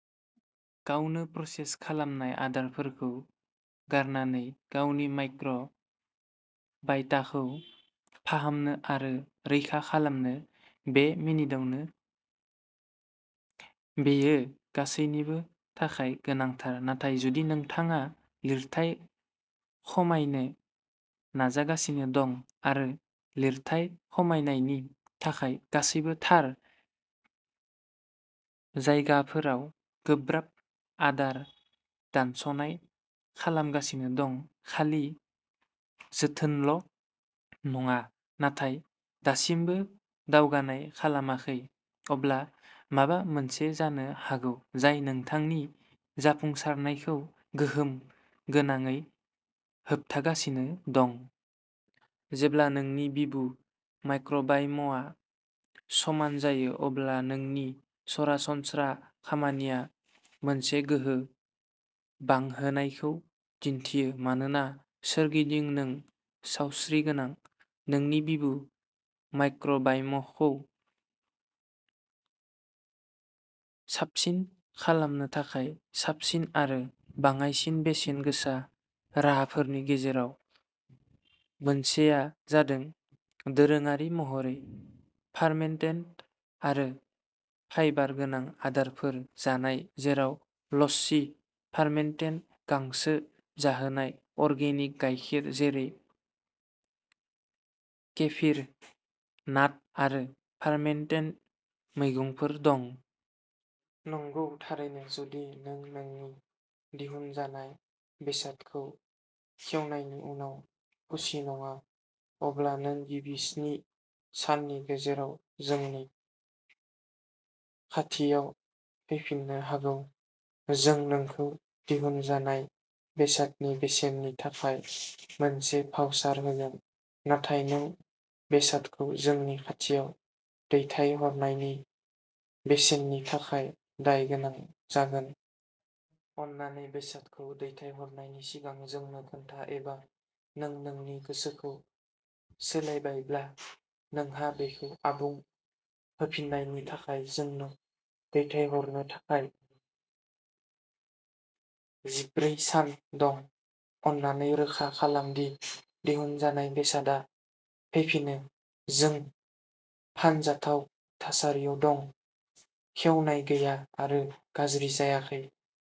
गावनो, प्रसेस खालामनाय आदारफोरखौ गारनानै गावनि माइक्र' बाय'टाखौ फाहामनो आरो रैखा खालामनो, बे मिनिटआवनो। बेयो गासैनिबो थाखाय गोनांथार, नाथाय जुदि नोंथाङा लिरथाइ खमायनो नाजागासिनो दं आरो लिरथाइ खमायनायनि थाखाय गासैबो थार जायगाफोराव गोब्राब आदार दानस'नाय खालामगासिनो दं, खालि जोथोनल' नङा, नाथाय दासिमबो दावगानाय खालामाखै, अब्ला माबा मोनसे जानो हागौ जाय नोंथांनि जाफुंसारनायखौ गोहोम गोनाङै होबथागासिनो दं। जेब्ला नोंनि बिबु माइक्र'बाय'मआ समान जायो, अब्ला नोंनि सरासनस्रा खामानिया मोनसे गोहो बांहोनायखौ दिन्थियो मानोना सोरगिदिं, नों सावस्रि गोनां। नोंनि बिबु माइक्र' बाय'मखौ साबसिन खालामनो थाखाय साबसिन आरो बाङाइसिन बेसेन गोसा राहाफोरनि गेजेराव मोनसेआ जादों दोरोङारि महरै फार्मेन्टेड आरो फाइबार गोनां आदारफोर जानाय, जेराव लस्सी, फार्मेन्टेड गांसो जाहोनाय अर्गेनिक गायखेर जेरै केफिर, नाट' आरो फार्मेन्टेड मैगंफोर दं। नंगौ थारैनो जुदि नों नोंनि दिहुनजानाय बेसादखौ खेवनायनि उनाव खुसि नङा, अब्ला नों गिबि स्नि साननि गेजेराव जोंनि खाथियाव फैफिननो हागौ, जों नोंखौ दिहुनजानाय बेसादनि बेसेननि थाखाय मोनसे भाउचार होगोन। नाथाय नों बेसादखौ जोंनि खाथियाव दैथायहरनायनि बेसेननि थाखाय दाय गोनां जागोन। अन्नानै बेसादखौ दैथायहरनायनि सिगां जोंनो खोन्था एबा नों नोंनि गोसोखौ सोलायबायब्ला, नोंहा बेखौ आबुं होफिन्नायनि थाखाय जोंनो दैथायहरनो थाखाय जिब्रै सान दं। अन्नानै रोखा खालाम दि दिहुनजानाय बेसादआ फैफिनो। जों फानजाथाव थासारियाव दं, खेवनाय गैया आरो गाज्रि जायाखै।